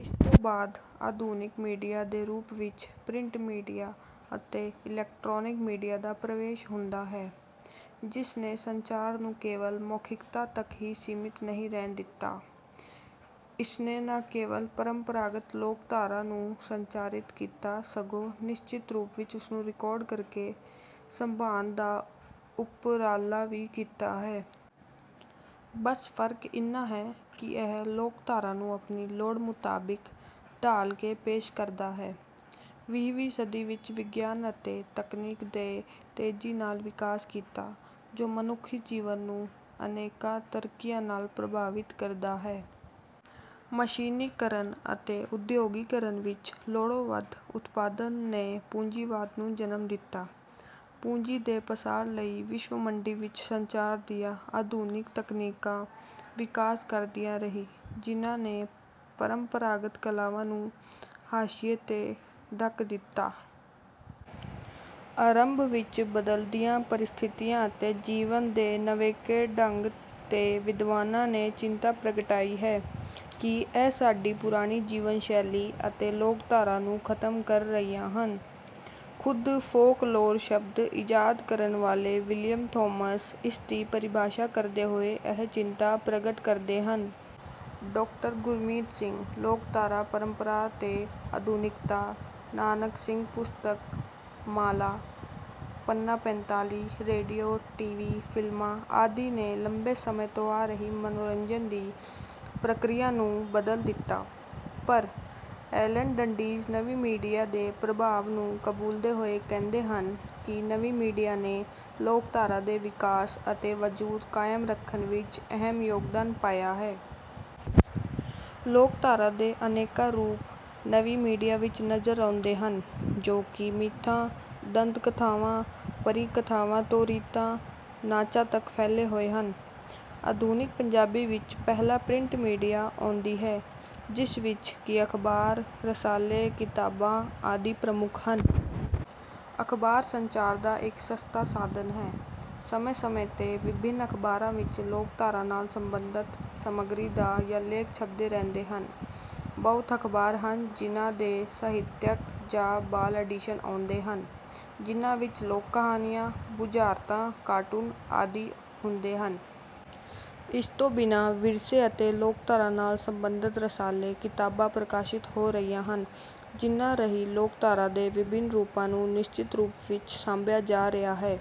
ਇਸਤੋਂ ਬਾਅਦ ਆਧੁਨਿਕ ਮੀਡੀਆ ਦੇ ਰੂਪ ਵਿਚ ਪ੍ਰਿੰਟ ਮੀਡੀਆ ਅਤੇ ਇਲੈਕਟ੍ਰੋਨਕ ਮੀਡੀਆ ਦਾ ਪਰਵੇਸ਼ ਹੁੰਦਾ ਹੈ। ਜਿਸ ਨੇ ਸੰਚਾਰ ਨੂੰ ਕੇਵਲ ਮੌਖਿਕਤਾ ਤੱਕ ਹੀ ਸੀਮਿਤ ਨਹੀਂ ਰਹਿਣ ਦਿੱਤਾ। ਇਸਨੇ ਨਾ ਕੇਵਲ ਪ੍ਰੰਪਰਾਗਤ ਲੋਕਧਾਰਾ ਨੂੰ ਸੰਚਾਰਿਤ ਕੀਤਾ ਸਗੋਂ ਨਿਸ਼ਚਿਤ ਰੂਪ ਵਿੱਚ ਉਸਨੂੰ ਰਿਕਾਰਡ ਕਰਕੇ ਸਾਂਭਣ ਦਾ ਉਪਰਾਲਾ ਵੀ ਕੀਤਾ ਹੈ। ਬਸ ਫ਼ਰਕ ਇਨ੍ਹਾਂ ਹੈ ਕਿ ਇਹ ਲੋਕਧਾਰਾ ਨੂੰ ਆਪਣੀ ਲੋੜ ਮੁਤਾਬਿਕ ਢਾਲ ਕੇ ਪੇਸ਼ ਕਰਦਾ ਹੈ। ਵੀਹ ਵੀਂ ਸਦੀ ਵਿਚ ਵਿਗਿਆਨ ਅਤੇ ਤਕਨਾਲੋਜੀ ਦੇ ਤੇਜ਼ੀ ਨਾਲ ਵਿਕਾਸ ਕੀਤਾ ਜੋ ਮਨੁੱਖੀ ਜੀਵਨ ਨੂੰ ਅਨੇਕਾਂ ਤਰੀਕਿਆਂ ਨਾਲ ਪ੍ਰਭਾਵਿਤ ਕਰਦਾ ਹੈ। ਮਸ਼ੀਨੀਕਰਨ ਅਤੇ ਉਦ੍ਯੋਗੀਕਰਨ ਵਿਚ ਲੋੜੋਂ ਵੱਧ ਉਤਪਾਦਨ ਨੇ ਪੂੰਜੀਵਾਦ ਨੂੰ ਜਨਮ ਦਿੱਤਾ। ਪੂੰਜੀ ਦੇ ਪਸਾਰ ਲਈ ਵਿਸ਼ਵ ਮੰਡੀ ਵਿਚ ਸੰਚਾਰ ਦੀਆਂ ਆਧੁਨਿਕ ਤਕਨੀਕਾਂ ਵਿਕਾਸ ਕਰਦੀਆਂ ਰਹੀਆਂ ਜਿਨ੍ਹਾਂ ਨੇ ਪਰੰਪਰਾਗਤ ਕਲਾਵਾਂ ਨੂੰ ਹਾਸ਼ੀਏ ਤੇ ਧੱਕ ਦਿੱਤਾ। ਆਰੰਭ ਵਿੱਚ ਬਦਲਦੀਆਂ ਪ੍ਰਸਥਿਤੀਆਂ ਅਤੇ ਜੀਵਨ ਦੇ ਨਿਵੇਕਲੇ ਢੰਗ ਤੇ ਵਿਦਵਾਨਾਂ ਨੇ ਚਿੰਤਾ ਪ੍ਰਗਟਾਈ ਹੈ ਕਿ ਇਹ ਸਾਡੀ ਪੁਰਾਣੀ ਜੀਵਨ ਸ਼ੈਲੀ ਅਤੇ ਲੋਕਧਾਰਾ ਨੂੰ ਖ਼ਤਮ ਕਰ ਰਹੀਆਂ ਹਨ। ਖੁਦ ਫੋਕਲੋਰ ਸ਼ਬਦ ਇਜਾਦ ਕਰਨ ਵਾਲੇ ਵਿਲੀਅਮ ਥੋਮਸ ਇਸ ਦੀ ਪਰਿਭਾਸ਼ਾ ਕਰਦੇ ਹੋਏ ਇਹ ਚਿੰਤਾ ਪ੍ਰਗਟ ਕਰਦੇ ਹਨ। ਡਾਕਟਰ ਗੁਰਮੀਤ ਸਿੰਘ, ਲੋਕਧਾਰਾ ਪਰੰਪਰਾ ਤੇ ਆਧੁਨਿਕਤਾ, ਨਾਨਾਕ ਸਿੰਘ ਪੁਸਤਕ ਮਾਲਾ ਪੰਨਾ-ਪੰਤਾਲੀ, ਰੇਡੀਓ, ਟੀ. ਵੀ., ਫਿ਼ਲਮਾਂ ਆਦਿ ਨੇ ਲੰਬੇ ਸਮੇਂ ਤੋਂ ਆ ਰਹੀ ਮਨੋਰੰਜਨ ਦੀ ਪ੍ਰਕਿਰਿਆ ਨੂੰ ਬਦਲ ਦਿੱਤਾ। ਪਰ ਐਲਨ ਡੰਡੀਜ਼ ਨਵੀਂ ਮੀਡੀਆ ਦੇ ਪ੍ਰਭਾਵ ਨੂੰ ਕਬੂਲਦੇ ਹੋਏ ਕਹਿੰਦੇ ਹਨ ਕਿ ਨਵੀਂ ਮੀਡੀਆ ਨੇ ਲੋਕਧਾਰਾ ਦੇ ਵਿਕਾਸ ਅਤੇ ਵਜੂਦ ਕਾਇਮ ਰੱਖਣ ਵਿੱਚ ਅਹਿਮ ਯੋਗਦਾਨ ਪਾਇਆ ਹੈ। ਲੋਕਧਾਰਾ ਦੇ ਅਨੇਕਾਂ ਰੂਪ ਨਵੀਂ ਮੀਡੀਆ ਵਿੱਚ ਨਜ਼ਰ ਆਉਂਦੇ ਹਨ, ਜੋ ਕਿ ਮਿੱਥਾਂ, ਦੰਤ ਕਥਾਵਾਂ, ਪਰੀ ਕਥਾਵਾਂ ਤੋਂ ਰੀਤਾਂ, ਨਾਚਾਂ ਤੱਕ ਫੈਲੇ ਹੋਏ ਹਨ। ਆਧੁਨਿਕ ਪੰਜਾਬੀ ਵਿੱਚ ਪਹਿਲਾਂ ਪ੍ਰਿੰਟ ਮੀਡੀਆ ਆਉਂਦੀ ਹੈ ਜਿਸ ਵਿੱਚ ਕਿ ਅਖ਼ਬਾਰ, ਰਸਾਲੇ, ਕਿਤਾਬਾਂ ਆਦਿੇ ਪਰਮੁੱਖ ਹਨ। ਅਖ਼ਬਾਰ ਸੰਚਾਰ ਦਾ ਇੱਕ ਸਸਤਾ ਸਾਧਨ ਹੈ ਸਮੇਂ ਸਮੇਂ ਵਿਭਿੰਨ ਅਖਬਾਰਾਂ ਵਿੱਚ ਲੋਕਧਾਰਾ ਨਾਲ ਸਬੰਧਿਤ ਸਮੱਗਰੀ ਦਾ ਜਾ ਲੇਖ ਛਪਦੇ ਰਹਿੰਦੇ ਹਨ। ਬਹੁਤ ਅਖ਼ਬਾਰ ਹਨ ਜਿਨ੍ਹਾਂ ਦੇ ਸਾਹਿਤਕ ਜਾਂ ਬਾਲ ਐਡੀਸ਼ਨ ਆਉਂਦੇ ਹਨ, ਜਿਨ੍ਹਾਂ ਵਿੱਚ ਲੋਕ ਕਹਾਣੀਆਂ, ਬੁਝਾਰਤਾਂ, ਕਾਰਟੂਨ ਆਦਿ ਹੁੰਦੇ ਹਨ। ਇਸ ਤੋਂ ਬਿਨ੍ਹਾਂ ਵਿਰਸੇ ਅਤੇ ਲੋਕਧਾਰਾ ਨਾਲ ਸਬੰਧਿਤ ਰਸਾਲੇ, ਕਿਤਾਬਾਂ ਪ੍ਰਕਾਸ਼ਿਤ ਹੋ ਰਹੀਆਂ ਹਨ ਜਿਨ੍ਹਾਂ ਰਾਹੀਂ ਲੋਕਧਾਰਾ ਦੇ ਵਿਭਿੰਨ ਰੂਪਾਂ ਨੂੰ ਨਿਸ਼ਚਿਤ ਰੂਪ ਵਿੱਚ ਸਾਂਭਿਆ ਜਾ ਰਿਹਾ ਹੈ।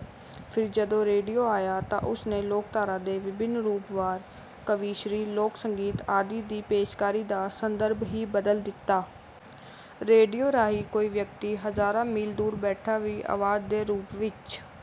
ਫਿਰ ਜਦੋਂ ਰੇਡੀਓ ਆਇਆ ਤਾਂ ਉਸ ਨੇ ਲੋਕਧਾਰਾ ਦੇ ਵਿਭਿੰਨ ਰੂਪ ਵਾਰ, ਕਵੀਸ਼ਰੀ, ਲੋਕ ਸੰਗੀਤ ਆਦਿ ਦੀ ਪੇਸ਼ਕਾਰੀ ਦਾ ਸੰਦਰਭ ਹੀ ਬਦਲ ਦਿੱਤਾ। ਰੇਡੀਓ ਰਾਹੀਂ ਕੋਈ ਵਿਅਕਤੀ ਹਜ਼ਾਰਾਂ ਮੀਲ ਦੂਰ ਬੈਠਾ ਵੀ ਆਵਾਜ਼ ਦੇ ਰੂਪ ਵਿੱਚ